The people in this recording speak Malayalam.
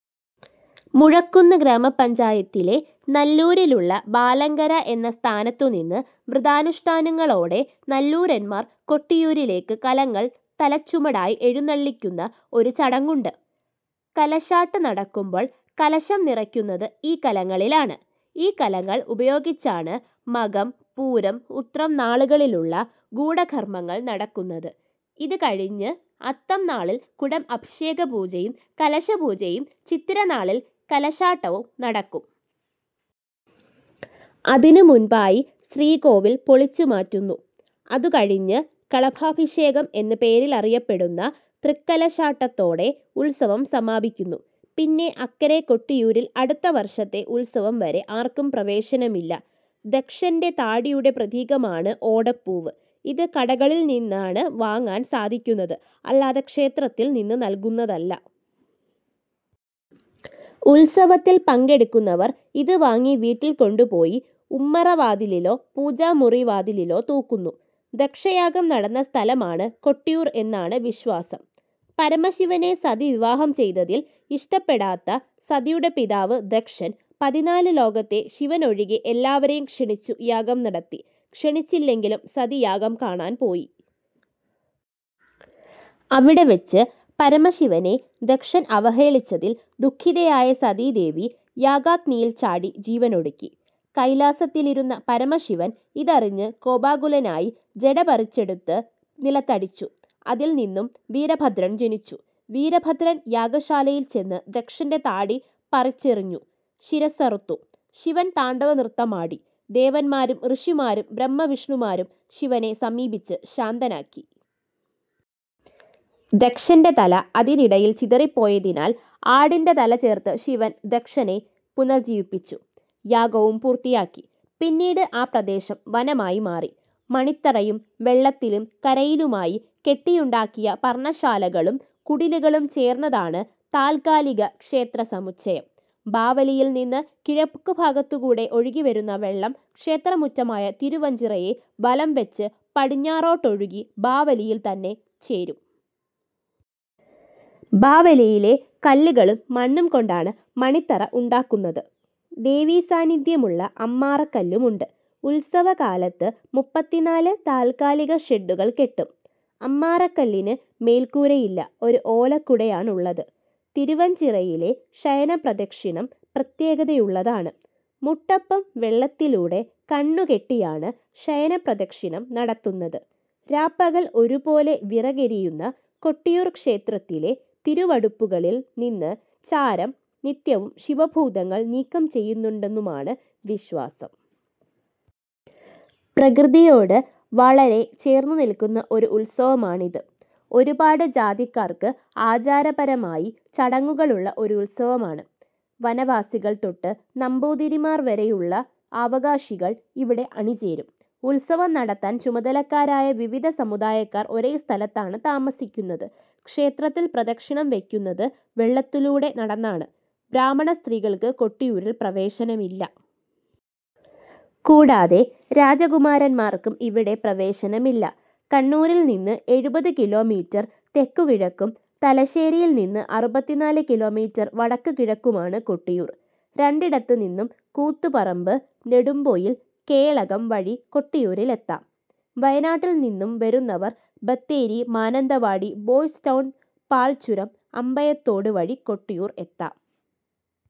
മുഴക്കുന്ന് ഗ്രാമപഞ്ചായത്തിലെ നല്ലൂരിലുള്ള ബാലങ്കര എന്ന സ്ഥാനത്തുനിന്ന് വ്രതാനുഷ്ഠാനങ്ങളോടെ നല്ലൂരാന്മാർ കൊട്ടിയൂരിലേക്ക് കലങ്ങൾ തലച്ചുമടായി എഴുന്നള്ളിക്കുന്ന ഒരു ചടങ്ങുണ്ട്. കലശാട്ട് നടക്കുമ്പോൾ കലശം നിറയ്ക്കുന്നത് ഈ കലങ്ങളിലാണ്. ഈ കലങ്ങൾ ഉപയോഗിച്ചാണ് മകം, പൂരം, ഉത്രം നാളുകളിലുള്ള ഗൂഢകർമ്മങ്ങൾ നടക്കുന്നത്. ഇത് കഴിഞ്ഞ് അത്തം നാളിൽ കുടം അഭിഷേക പൂജയും, കലശപൂജയും, ചിത്തിര നാളിൽ കലശാട്ടവും നടക്കും. അതിനു മുൻപായി ശ്രീകോവിൽ പൊളിച്ചു മാറ്റുന്നു. അതുകഴിഞ്ഞ് കളഭാഭിഷേകം എന്ന പേരിലറിയപ്പെടുന്ന തൃക്കലശാട്ടത്തോടെ ഉത്സവം സമാപിക്കുന്നു. പിന്നെ അക്കരെ കൊട്ടിയൂരിൽ അടുത്ത വർഷത്തെ ഉത്സവം വരെ ആർക്കും പ്രവേശനമില്ല. ദക്ഷ ൻ്റെ താടിയുടെ പ്രതീകമാണ് ഓടപ്പൂവ്. ഇത് കടകളിൽ നിന്നാണ് വാങ്ങാൻ സാധിക്കുന്നത്, അല്ലാതെ ക്ഷേത്രത്തിൽ നിന്ന് നൽകുന്നതല്ല. ഉത്സവത്തിൽ പങ്കെടക്കുന്നവർ ഇത് വാങ്ങി വീട്ടിൽ കൊണ്ടുപോയി ഉമ്മറവാതിലിലോ പൂജാമുറി വാതിലിലോ തൂക്കുന്നു. ദക്ഷയാഗം നടന്ന സ്ഥലമാണ് കൊട്ടിയൂർ എന്നാണ് വിശ്വാസം. പരമശിവനെ സതി വിവാഹം ചെയ്തതിൽ ഇഷ്ടപ്പെടാത്ത സതിയുടെ പിതാവ് ദക്ഷൻ, പതിനാല് ലോകത്തെ ശിവനൊഴികെ എല്ലാവരെയും ക്ഷണിച്ചു യാഗം നടത്തി. ക്ഷണിച്ചില്ലെങ്കിലും സതി യാഗം കാണാൻ പോയി. അവിടെവെച്ച് പരമശിവനെ ദക്ഷൻ അവഹേളിച്ചതിൽ ദുഃഖിതയായ സതീദേവി യാഗാഗ്നിയിൽ ചാടി ജീവനൊടുക്കി. കൈലാസത്തിലിരുന്ന പരമശിവൻ ഇതറിഞ്ഞ് കോപാകുലനായി ജഡ പറിച്ചെടുത്ത് നിലത്തടിച്ചു. അതിൽ നിന്നും വീരഭദ്രൻ ജനിച്ചു. വീരഭദ്രൻ യാഗശാലയിൽ ചെന്ന് ദക്ഷൻ്റെ താടി പറിച്ചെറിഞ്ഞു, ശിരസ്സറുത്തു. ശിവൻ താണ്ഡവനൃത്തമാടി. ദേവന്മാരും ഋഷിമാരും ബ്രഹ്മാവിഷ്ണുമാരും ശിവനെ സമീപിച്ച് ശാന്തനാക്കി. ദക്ഷൻ്റെ തല അതിനിടയിൽ ചിതറിപ്പോയതിനാൽ ആടിൻ്റെ തല ചേർത്ത് ശിവൻ ദക്ഷനെ പുനർജീവിപ്പിച്ചു. യാഗവും പൂർത്തിയാക്കി. പിന്നീട് ആ പ്രദേശം വനമായി മാറി. മണിത്തറയും വെള്ളത്തിലും കരയിലുമായി കെട്ടിയുണ്ടാക്കിയ പർണ്ണശാലകളും കുടിലുകളും ചേർന്നതാണ് താൽക്കാലിക ക്ഷേത്രസമുച്ചയം. ബാവലിയിൽ നിന്ന് കിഴക്കുഭാഗത്തുകൂടെ ഒഴുകിവരുന്ന വെള്ളം ക്ഷേത്രമുറ്റമായ തിരുവഞ്ചിറയെ വലംവെച്ച് പടിഞ്ഞാറോട്ടൊഴുകി ബാവലിയിൽ തന്നെ ചേരും. ബാവലിയിലെ കല്ലുകളും മണ്ണും കൊണ്ടാണ് മണിത്തറ ഉണ്ടാക്കുന്നത്. ദേവി സാന്നിധ്യമുള്ള അമ്മാറക്കല്ലുമുണ്ട്. ഉത്സവകാലത്ത് മുപ്പത്തിനാല് താൽക്കാലിക ഷെഡ്ഡുകൾ കെട്ടും. അമ്മാറക്കല്ലിന് മേൽക്കൂരയില്ല, ഒരു ഓലക്കുടയാണുള്ളത്. തിരുവഞ്ചിറയിലെ ശയനപ്രദക്ഷിണം പ്രത്യേകതയുള്ളതാണ്. മുട്ടൊപ്പം വെള്ളത്തിലൂടെ കണ്ണുകെട്ടിയാണ് ശയനപ്രദക്ഷിണം നടത്തുന്നത്. രാപ്പകൽ ഒരുപോലെ വിറകെരിയുന്ന കൊട്ടിയൂർ ക്ഷേത്രത്തിലെ തിരുവടുപ്പുകളിൽ നിന്ന് ചാരം നിത്യവും ശിവഭൂതങ്ങൾ നീക്കം ചെയ്യുന്നുണ്ടെന്നുമാണ് വിശ്വാസം. പ്രകൃതിയോട് വളരെ ചേർന്നുനിൽക്കുന്ന ഒരു ഉത്സവമാണിത്. ഒരുപാട് ജാതിക്കാർക്ക് ആചാരപരമായി ചടങ്ങുകളുള്ള ഒരു ഉത്സവമാണ്. വനവാസികൾ തൊട്ട് നമ്പൂതിരിമാർ വരെയുള്ള അവകാശികൾ ഇവിടെ അണിചേരും. ഉത്സവം നടത്താൻ ചുമതലക്കാരായ വിവിധ സമുദായക്കാർ ഒരേ സ്ഥലത്താണ് താമസിക്കുന്നത്. ക്ഷേത്രത്തിൽ പ്രദക്ഷിണം വെയ്ക്കുന്നത് വെള്ളത്തിലൂടെ നടന്നാണ്. ബ്രാഹ്മണ സ്ത്രീകൾക്ക് കൊട്ടിയൂരിൽ പ്രവേശനമില്ല. കൂടാതെ രാജകുമാരന്മാർക്കും ഇവിടെ പ്രവേശനമില്ല. കണ്ണൂരിൽ നിന്ന് എഴുപത് കിലോമീറ്റർ തെക്കുകിഴക്കും തലശ്ശേരിയിൽ നിന്ന് അറുപത്തിനാല് കിലോമീറ്റർ വടക്കുകിഴക്കുമാണ് കൊട്ടിയൂർ. രണ്ടിടത്തു നിന്നും കൂത്തുപറമ്പ് - നെടുമ്പൊയിൽ - കേളകം വഴി കൊട്ടിയൂരിൽ എത്താം. വയനാട്ടിൽ നിന്നും വരുന്നവർ ബത്തേരി - മാനന്തവാടി - ബോയ്സ് ടൗൺ - പാൽച്ചുരം - അമ്പയത്തോട് വഴി കൊട്ടിയൂർ എത്താം.